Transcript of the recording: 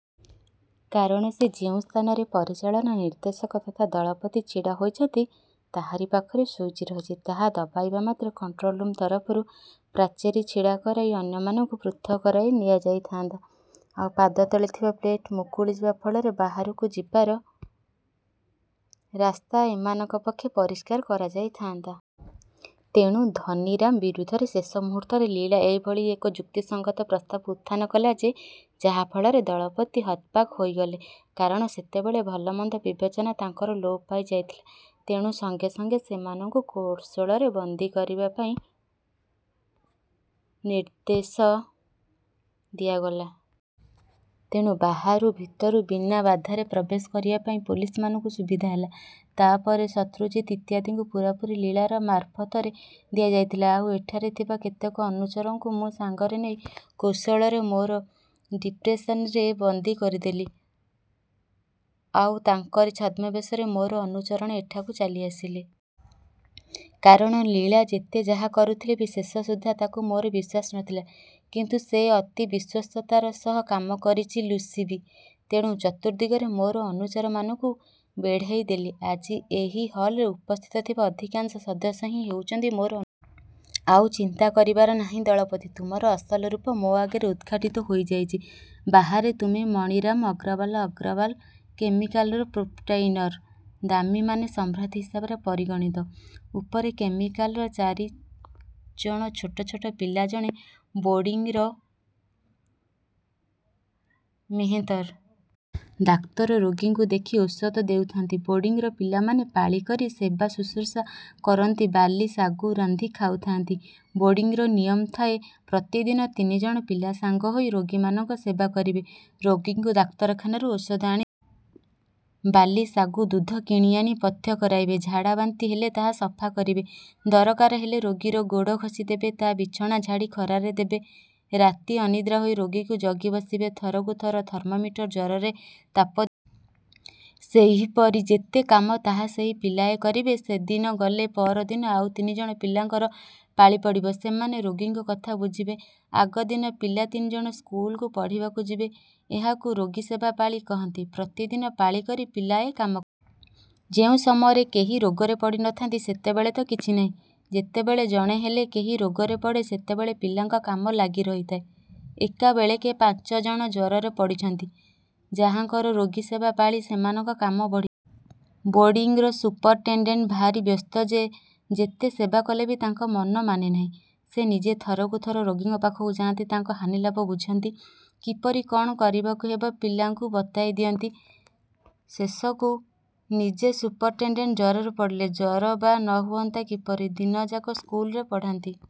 କାରଣ ସେ ଯେଉଁ ସ୍ଥାନରେ ପରିଚାଳନା ନିର୍ଦ୍ଦେଶକ ତଥା ଦଳପତି ଛିଡ଼ା ହୋଇଚନ୍ତି ତାହାରି ପାଖରେ ସୁଇଚ୍ ରହିଛି। ତାହା ଦବାଇବା ମାତ୍ରେ କଣ୍ଟ୍ରୋଲ୍ ରୁମ୍ ତରଫରୁ ପ୍ରାଚୀର ଛିଡ଼ା କରାଇ ଅନ୍ୟମାନଙ୍କୁ ପୃଥକ୍ କରାଇ ନିଆଯାଇଥାଆନ୍ତା। ଆଉ ପାଦତଳେ ଥିବା ପ୍ଲେଟ୍ ମୁକୁଳିଯିବା ଫଳରେ ବାହାରକୁ ଯିବାର ରାସ୍ତା ଏମାନଙ୍କ ପକ୍ଷରେ ପରିଷ୍କାର କରାଯାଇଥାଆନ୍ତା। ତେଣୁ ଧନୀରାମ ବିରୁଦ୍ଧରେ ଶେଷ ମୁହୂର୍ତ୍ତରେ ଲୀଳା ଏଭଳି ଏକ ଯୁକ୍ତିସଙ୍ଗତ ପ୍ରସ୍ତାବ ଉତ୍ଥାନ କଲା ଯେ ଯାହା ଫଳରେ ଦଳପତି ହତବାକ୍ ହୋଇଗଲେ। କାରଣ ସେତେବେଳେ ଭଲ ମନ୍ଦର ବିବେଚନା ତାଙ୍କର ଲୋପ ପାଇଯାଇଥିଲା। ତେଣୁ ସଙ୍ଗେ ସଙ୍ଗେ ସେମାନଙ୍କୁ କୌଶଳରେ ବନ୍ଦୀ କରିବା ପାଇଁ ନିର୍ଦ୍ଦେଶ ଦିଆଗଲା। ତେଣୁ ବାହାରୁ ଭିତରକୁ ବିନା ବାଧାରେ ପ୍ରବେଶ କରିବା ପାଇଁ ପୋଲିସମାନଙ୍କୁ ସୁବିଧା ହେଲା। ତା’ ପରେ ଶତ୍ରୁଜିତ୍ ଇତ୍ୟାଦିଙ୍କୁ ପୂରାପୂରି ଲୀଳାର ମାରଫତରେ ଦିଆଯାଇଥିଲା। ଆଉ ଏଠାରେ ଥିବା କେତେକ ଅନୁଚରଙ୍କୁ ମୁଁ ସାଙ୍ଗରେ ନେଇ କୌଶଳରେ ମୋର ଡିସପେନ୍ସରୀରେ ବନ୍ଦୀ କରିଦେଲି। ଆଉ ତାଙ୍କରି ଛଦ୍ମବେଶରେ ମୋର ଅନୁଚରଗଣ ଏଠାକୁ ଚାଲିଆସିଲେ। କାରଣ ଲୀଳା ଯେତେ ଯାହା କରୁଥିଲେ ବି ଶେଷ ସୁଦ୍ଧା ତାକୁ ମୋର ବିଶ୍ୱାସ ନ ଥିଲା। କିନ୍ତୁ ସେ ଅତି ବିଶ୍ୱସ୍ତତାର ସହ କାମ କରିଛି ଲୁସି ବି। ତେଣୁ ଚତୁର୍ଦ୍ଦିଗରେ ମୋର ଅନୁଚରମାନଙ୍କୁ ବେଢ଼ାଇ ଦେଲି। ଆଜି ଏହି ହଲ୍‌ରେ ଉପସ୍ଥିତ ଥିବା ଅଧିକାଂଶ ସଦସ୍ୟ ହିଁ ହେଉଚନ୍ତି ମୋର । ଆଉ ଚିନ୍ତା କରିବାର ନାହିଁ ଦଳପତି। ତୁମର ଅସଲ ରୂପ ମୋ ଆଗରେ ଉଦ୍‌ଘାଟିତ ହୋଇଯାଇଛି। ବାହାରେ ତୁମେ ମଣିରାମ ଅଗ୍ରୱାଲା ଅଗ୍ରୱାଲା କେମିକାଲ୍‌ର ପ୍ରୋପ୍ରାଇଟର। ଦାମୀ ମାନୀ ସମ୍ଭ୍ରାନ୍ତ ହିସାବରେ ପରିଗଣିତ। ଉପରେ କେମିକାଲ୍‌ର। ଚାରି ଜଣ ଛୋଟ ଛୋଟ ପିଲା ଜଣେ ବୋର୍ଡିଂର ମେହେନ୍ତର। ଡାକ୍ତର ରୋଗୀଙ୍କୁ ଦେଖି ଔଷଧ ଦେଉଥାଆନ୍ତି। ବୋର୍ଡିଂର ପିଲାମାନେ ପାଳି କରି ସେବା ଶୁଶ୍ରୂଷା କରନ୍ତି ବାର୍ଲି ସାଗୁ ରାନ୍ଧି ଖୁଆଉଥାଆନ୍ତି। ବୋର୍ଡିଂର ନିୟମ ଥାଏ ପ୍ରତିଦିନ ତିନି ଜଣ ପିଲା ସାଙ୍ଗ ହୋଇ ରୋଗୀମାନଙ୍କ ସେବା କରିବେ। ରୋଗୀଙ୍କୁ ଡାକ୍ତରଖାନାରୁ ଔଷଧ ଆଣି। ବାର୍ଲି ସାଗୁ ଦୁଧ କିଣିଆଣି ପଥ୍ୟ କରାଇବେ। ଝାଡ଼ା ବାନ୍ତି ହେଲେ ତାହା ସଫା କରିବେ। ଦରକାର ହେଲେ ରୋଗୀର ଗୋଡ଼ ଘଷି ଦେବେ ତା’ ବିଛଣା ଝାଡ଼ି ଖରାରେ ଦେବେ ରାତି ଅନିଦ୍ରା ହୋଇ ରୋଗୀକୁ ଜଗି ବସିବେ ଥରକୁ ଥର ଥର୍ମୋମିଟରରେ ଜ୍ୱରର ତାପ । ସେହିପରି ଯେତେ କାମ ତାହା ସେହି ପିଲାଏ କରିବେ। ସେଦିନ ଗଲେ ପରଦିନ ଆଉ ତିନି ଜଣ ପିଲାଙ୍କର ପାଳି ପଡ଼ିବ। ସେମାନେ ରୋଗୀଙ୍କ କଥା ବୁଝିବେ ଆଗ ଦିନର ପିଲା ତିନି ଜଣ ସ୍କୁଲକୁ ପଢ଼ିବାକୁ ଯିବେ। ଏହାକୁ ରୋଗୀସେବା ପାଳି କହନ୍ତି। ପ୍ରତିଦିନ ପାଳି କରି ପିଲାଏ ଏ କାମ । ଯେଉଁ ସମୟରେ କେହି ରୋଗରେ ପଡ଼ି ନ ଥାନ୍ତି ସେତେବେଳେ ତ କିଛି ନାହିଁ। ଯେତେବେଳେ ଜଣେ ହେଲେ କେହି ରୋଗରେ ପଡ଼େ ସେତେବେଳେ ପିଲାଙ୍କ କାମ ଲାଗି ରହିଥାଏ। ଏକାବେଳକେ ପାଞ୍ଚ ଜଣ ଜ୍ୱରରେ ପଡ଼ିଛନ୍ତି। ଯାହାଙ୍କର ରୋଗୀସେବା ପାଳି ସେମାନଙ୍କ କାମ ବଢ଼ି। ବୋର୍ଡିଂର ସୁପରିଣ୍ଟେଣ୍ଡେଣ୍ଟ ଭାରି ବ୍ୟସ୍ତ। ଯେ ଯେତେ ସେବା କଲେ ବି ତାଙ୍କ ମନ ମାନେ ନାହିଁ। ସେ ନିଜେ ଥରକୁ ଥର ରୋଗୀଙ୍କ ପାଖକୁ ଯାଆନ୍ତି। ତାଙ୍କ ହାନିଲାଭ ବୁଝନ୍ତି। କିପରି କ’ଣ କରିବାକୁ ହେବ ପିଲାଙ୍କୁ ବତାଇ ଦିଅନ୍ତି। ଶେଷକୁ ନିଜେ ସୁପରିଣ୍ଟେଣ୍ଡେଣ୍ଟ ଜ୍ୱରରେ ପଡ଼ିଲେ। ଜ୍ୱର ବା ନ ହୁଅନ୍ତା କିପରି? ଦିନଯାକ ସ୍କୁଲରେ ପଢ଼ନ୍ତି।